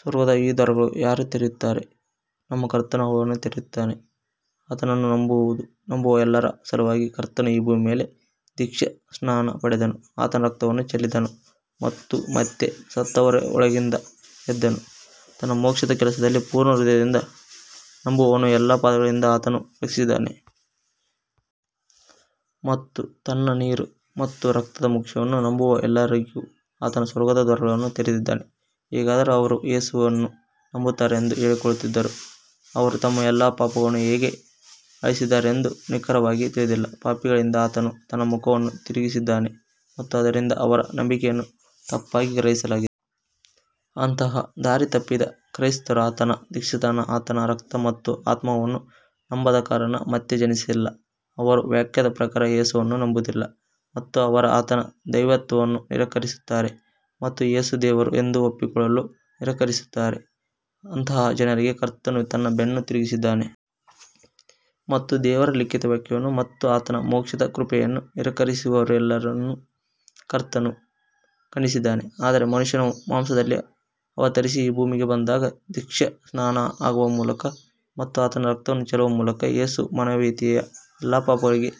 ಸ್ವರ್ಗದ ಈ ದ್ವಾರಗಳನ್ನು ಯಾರು ತೆರೆಯುತ್ತಾರೆ? ನಮ್ಮ ಕರ್ತನು ಅವುಗಳನ್ನು ತೆರೆಯುತ್ತಾನೆ. ಆತನನ್ನು ನಂಬುವ ಎಲ್ಲರ ಸಲುವಾಗಿ, ಕರ್ತನು ಈ ಭೂಮಿಯ ಮೇಲೆ ದೀಕ್ಷಾಸ್ನಾನ ಪಡೆದನು, ಆತನ ರಕ್ತವನ್ನು ಚೆಲ್ಲಿದನು ಮತ್ತು ಮತ್ತೆ ಸತ್ತವರೊಳಗಿಂದ ಎದ್ದನು. ತನ್ನ ಮೋಕ್ಷದ ಕೆಲಸದಲ್ಲಿ ಪೂರ್ಣ ಹೃದಯದಿಂದ ನಂಬುವವನನ್ನು ಎಲ್ಲ ಪಾಪಗಳಿಂದ ಅತನು ರಕ್ಷಿಸಿದ್ದಾನೆ. ಮತ್ತು ತನ್ನ ನೀರು ಮತ್ತು ರಕ್ತದ ಮೋಕ್ಷವನ್ನು ನಂಬುವ ಎಲ್ಲರಿಗೂ ಆತನು ಸ್ವರ್ಗದ ದ್ವಾರಗಳನ್ನು ತೆರೆದಿದ್ದಾನೆ. ಹೇಗಾದರೂ, ಅವರು ಯೇಸುವನ್ನು ನಂಬುತ್ತಾರೆಂದು ಹೇಳಿಕೊಳ್ಳುತ್ತಿದ್ದರೂ, ಅವರು ತಮ್ಮ ಎಲ್ಲಾ ಪಾಪಗಳನ್ನು ಹೇಗೆ ಅಳಿಸಿದ್ದಾರೆಂದು ನಿಖರವಾಗಿ ತಿಳಿದಿಲ್ಲದ ಪಾಪಿಗಳಿಂದ ಆತನು ತನ್ನ ಮುಖವನ್ನು ತಿರುಗಿಸಿದ್ದಾನೆ ಮತ್ತು ಆದ್ದರಿಂದ ಅವರ ನಂಬಿಕೆಯನ್ನು ತಪ್ಪಾಗಿ ಗ್ರಹಿಸಲಾಗಿದೆ. ಅಂತಹ ದಾರಿತಪ್ಪಿದ ಕ್ರೈಸ್ತರು ಆತನ ದೀಕ್ಷಾಸ್ನಾನ, ಆತನ ರಕ್ತ ಮತ್ತು ಆತ್ಮವನ್ನು ನಂಬದ ಕಾರಣ ಮತ್ತೆ ಜನಿಸಿಲ್ಲ; ಅವರು ವಾಕ್ಯದ ಪ್ರಕಾರ ಯೇಸುವನ್ನು ನಂಬುವುದಿಲ್ಲ; ಮತ್ತು ಅವರು ಆತನ ದೈವತ್ವವನ್ನು ನಿರಾಕರಿಸುತ್ತಾರೆ ಮತ್ತು ಯೇಸು ದೇವರು ಎಂದು ಒಪ್ಪಿಕೊಳ್ಳಲು ನಿರಾಕರಿಸುತ್ತಾರೆ. ಅಂತಹ ಜನರಿಗೆ ಕರ್ತನು ತನ್ನ ಬೆನ್ನು ತಿರುಗಿದ್ದಾನೆ. ಮತ್ತು ದೇವರ ಲಿಖಿತ ವಾಕ್ಯವನ್ನು ಮತ್ತು ಆತನ ಮೋಕ್ಷದ ಕೃಪೆಯನ್ನು ನಿರಾಕರಿಸುವವರೆಲ್ಲರನ್ನೂ ಕರ್ತನು ಖಂಡಿಸಿದ್ದಾನೆ ಅಂದರೆ, ಮನುಷ್ಯನ ಮಾಂಸದಲ್ಲಿ ಅವತರಿಸಿ ಈ ಭೂಮಿಗೆ ಬಂದಾಗ, ದೀಕ್ಷಾಸ್ನಾನ ಆಗುವ ಮೂಲಕ ಮತ್ತು ಆತನ ರಕ್ತವನ್ನು ಚೆಲ್ಲುವ ಮೂಲಕ ಯೇಸು ಮಾನವೀಯತೆಯ ಎಲ್ಲಾ ಪಾಪಗಳಿಗೆ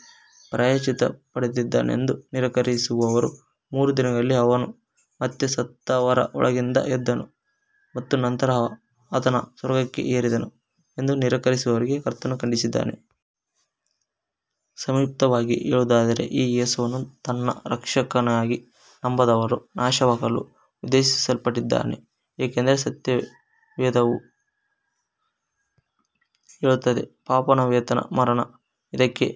ಪ್ರಾಯಶ್ಚಿತ್ತ ಮಾಡಿದ್ದಾನೆಂದು ನಿರಾಕರಿಸುವವರು, ಮೂರು ದಿನಗಳಲ್ಲಿ ಅವನು ಮತ್ತೆ ಸತ್ತವರೊಳಗಿಂದ ಎದ್ದನು, ಮತ್ತು ನಂತರ ಅತನು ಸ್ವರ್ಗಕ್ಕೆ ಏರಿದನು ಎಂದು ನಿರಾಕರಿಸುವವರಿಗೆ ಕರ್ತನು ಖಂಡಿಸಿದ್ದಾನೆ. ಸಂಕ್ಷಿಪ್ತವಾಗಿ ಹೇಳುವುದಾದರೆ, ಈ ಯೇಸುವನ್ನು ತನ್ನ ರಕ್ಷಕನಾಗಿ ನಂಬದವನು ನಾಶವಾಗಲು ಉದ್ದೇಶಿಸಲ್ಪಟ್ಟಿದ್ದಾನೆ, ಏಕೆಂದರೆ ಸತ್ಯವೇದವು ಹೇಳುತ್ತದೆ, "ಪಾಪದ ವೇತನ ಮರಣ. " ಇದಕ್ಕೆ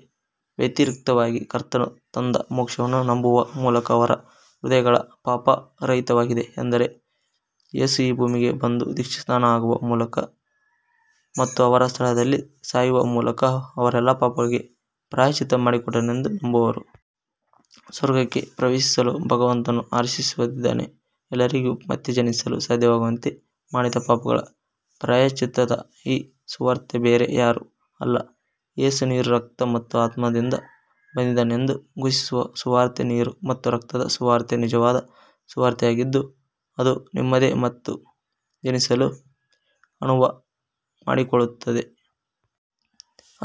ವ್ಯತಿರಿಕ್ತವಾಗಿ, ಕರ್ತನು ತಂದ ಮೋಕ್ಷವನ್ನು ನಂಬುವ ಮೂಲಕ ಅವರ ಹೃದಯಗಳು ಪಾಪರಹಿತವಾಗಿವೆ ಅಂದರೆ, ಯೇಸು ಈ ಭೂಮಿಗೆ ಬಂದು ದೀಕ್ಷಾಸ್ನಾನ ಆಗುವ ಮೂಲಕ ಮತ್ತು ಅವರ ಸ್ಥಳದಲ್ಲಿ ಸಾಯುವ ಮೂಲಕ ಅವರ ಎಲ್ಲಾ ಪಾಪಗಳಿಗೆ ಪ್ರಾಯಶ್ಚಿತ್ತ ಮಾಡಿಕೊಂಡನೆಂದು ನಂಬುವವರು. ಸ್ವರ್ಗಕ್ಕೆ ಪ್ರವೇಶಿಸಲು ಭಗವಂತನು ಆಶೀರ್ವದಿಸಿದ್ದಾನೆ. ಎಲ್ಲರಿಗೂ ಮತ್ತೆ ಜನಿಸಲು ಸಾಧ್ಯವಾಗುವಂತೆ ಮಾಡಿದ ಪಾಪಗಳ ಪ್ರಾಯಶ್ಚಿತ್ತದ ಈ ಸುವಾರ್ತೆ ಬೇರೆ ಯಾರೂ ಅಲ್ಲ, ಯೇಸು ನೀರು, ರಕ್ತ ಮತ್ತು ಆತ್ಮದಿಂದ ಬಂದಿದ್ದಾನೆಂದು ಘೋಷಿಸುವ ಸುವಾರ್ತೆ. ನೀರು ಮತ್ತು ರಕ್ತದ ಸುವಾರ್ತೆ ನಿಜವಾದ ಸುವಾರ್ತೆಯಾಗಿದ್ದು ಅದು ನಿಮಗೆ ಮತ್ತೆ ಜನಿಸಲು ಅನುವು ಮಾಡಿಕೊಡುತ್ತದೆ.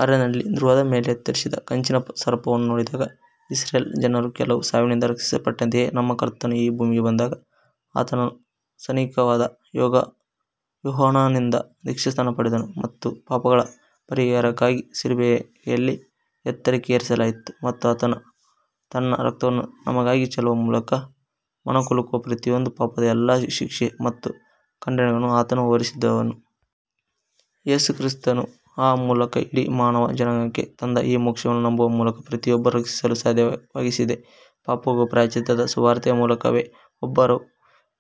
ಅರಣ್ಯದಲ್ಲಿ ಧ್ರುವದ ಮೇಲೆ ಎತ್ತರಿಸಿದ ಕಂಚಿನ ಸರ್ಪವನ್ನು ನೋಡಿದಾಗ ಇಸ್ರಾಯೇಲ್ ಜನರು ಕೆಲವು ಸಾವಿನಿಂದ ರಕ್ಷಿಸಲ್ಪಟ್ಟಂತೆಯೇ, ನಮ್ಮ ಕರ್ತನು ಈ ಭೂಮಿಗೆ ಬಂದಾಗ, ಅತನು ಸ್ನಾನಿಕನಾದ ಯೋಹಾನನಿಂದ ದೀಕ್ಷಾಸ್ನಾನ ಪಡೆದನು ಮತ್ತು ಪಾಪಗಳ ಪರಿಹಾರಕ್ಕಾಗಿ ಶಿಲುಬೆಯಲ್ಲಿ ಎತ್ತರಕ್ಕೆ ಏರಿಸಲಾಯಿತು, ಮತ್ತು ಆತನು ತನ್ನ ರಕ್ತವನ್ನು ನಮಗಾಗಿ ಚೆಲ್ಲುವ ಮೂಲಕ ಮಾನವಕುಲದ ಪ್ರತಿಯೊಂದು ಪಾಪದ ಎಲ್ಲಾ ಶಿಕ್ಷೆ ಮತ್ತು ಖಂಡನೆಗಳನ್ನು ಅತನು ಹೊರಿಸಿದನು. ಯೇಸುಕ್ರಿಸ್ತನು ಆ ಮೂಲಕ ಇಡೀ ಮಾನವ ಜನಾಂಗಕ್ಕೆ ತಂದ ಈ ಮೋಕ್ಷವನ್ನು ನಂಬುವ ಮೂಲಕ ಪ್ರತಿಯೊಬ್ಬರನ್ನು ರಕ್ಷಿಸಲು ಸಾಧ್ಯವಾಗಿಸಿದೆ. ಪಾಪಗಳ ಪ್ರಾಯಶ್ಚಿತ್ತದ ಸುವಾರ್ತೆಯ ಮೂಲಕವೇ ಒಬ್ಬರು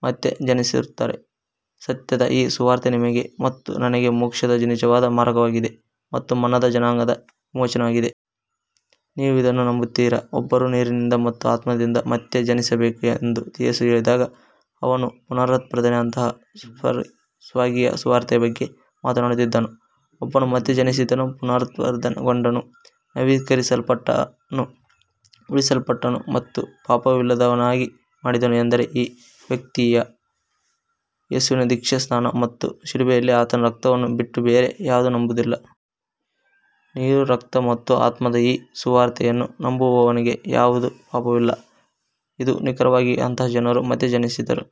ಮತ್ತೆ ಜನಿಸುತ್ತಾರೆ. ಸತ್ಯದ ಈ ಸುವಾರ್ತೆ ನಿಮಗೆ ಮತ್ತು ನನಗೆ ಮೋಕ್ಷದ ನಿಜವಾದ ಮಾರ್ಗವಾಗಿದೆ ಮತ್ತು ಮಾನವ ಜನಾಂಗದ ವಿಮೋಚನೆಯಾಗಿದೆ. ನೀವು ಇದನ್ನು ನಂಬುತ್ತೀರಾ? ಒಬ್ಬರು ನೀರಿನಿಂದ ಮತ್ತು ಆತ್ಮದಿಂದ ಮತ್ತೆ ಜನಿಸಬೇಕು ಎಂದು ಯೇಸು ಹೇಳಿದಾಗ, ಅವನು ಪುನರುತ್ಪಾದನೆಯ ಅಂತಹ ಸ್ವರ್ಗೀಯ ಸುವಾರ್ತೆಯ ಬಗ್ಗೆ ಮಾತನಾಡುತ್ತಿದ್ದನು. ಒಬ್ಬನು ಮತ್ತೆ ಜನಿಸಿದನು, ಪುನರುತ್ಪಾದನೆಗೊಂಡನು, ನವೀಕರಿಸಲ್ಪಟ್ಟನು, ಉಳಿಸಲ್ಪಟ್ಟನು ಮತ್ತು ಪಾಪವಿಲ್ಲದವನಾಗಿ ಮಾಡಿದನು ಎಂದರೆ ಈ ವ್ಯಕ್ತಿಯು ಯೇಸುವಿನ ದೀಕ್ಷಾಸ್ನಾನ ಮತ್ತು ಶಿಲುಬೆಯಲ್ಲಿ ಆತನ ರಕ್ತವನ್ನು ಬಿಟ್ಟು ಬೇರೆ ಯಾವುದೂ ನಂಬುವುದಿಲ್ಲ. ನೀರು, ರಕ್ತ ಮತ್ತು ಆತ್ಮದ ಈ ಸುವಾರ್ತೆಯನ್ನು ನಂಬುವವನಿಗೆ ಯಾವುದೇ ಪಾಪವಿಲ್ಲ. ಇದು ನಿಖರವಾಗಿ ಅಂತಹ ಜನರು ಮತ್ತೆ ಜನಿಸಿದರು.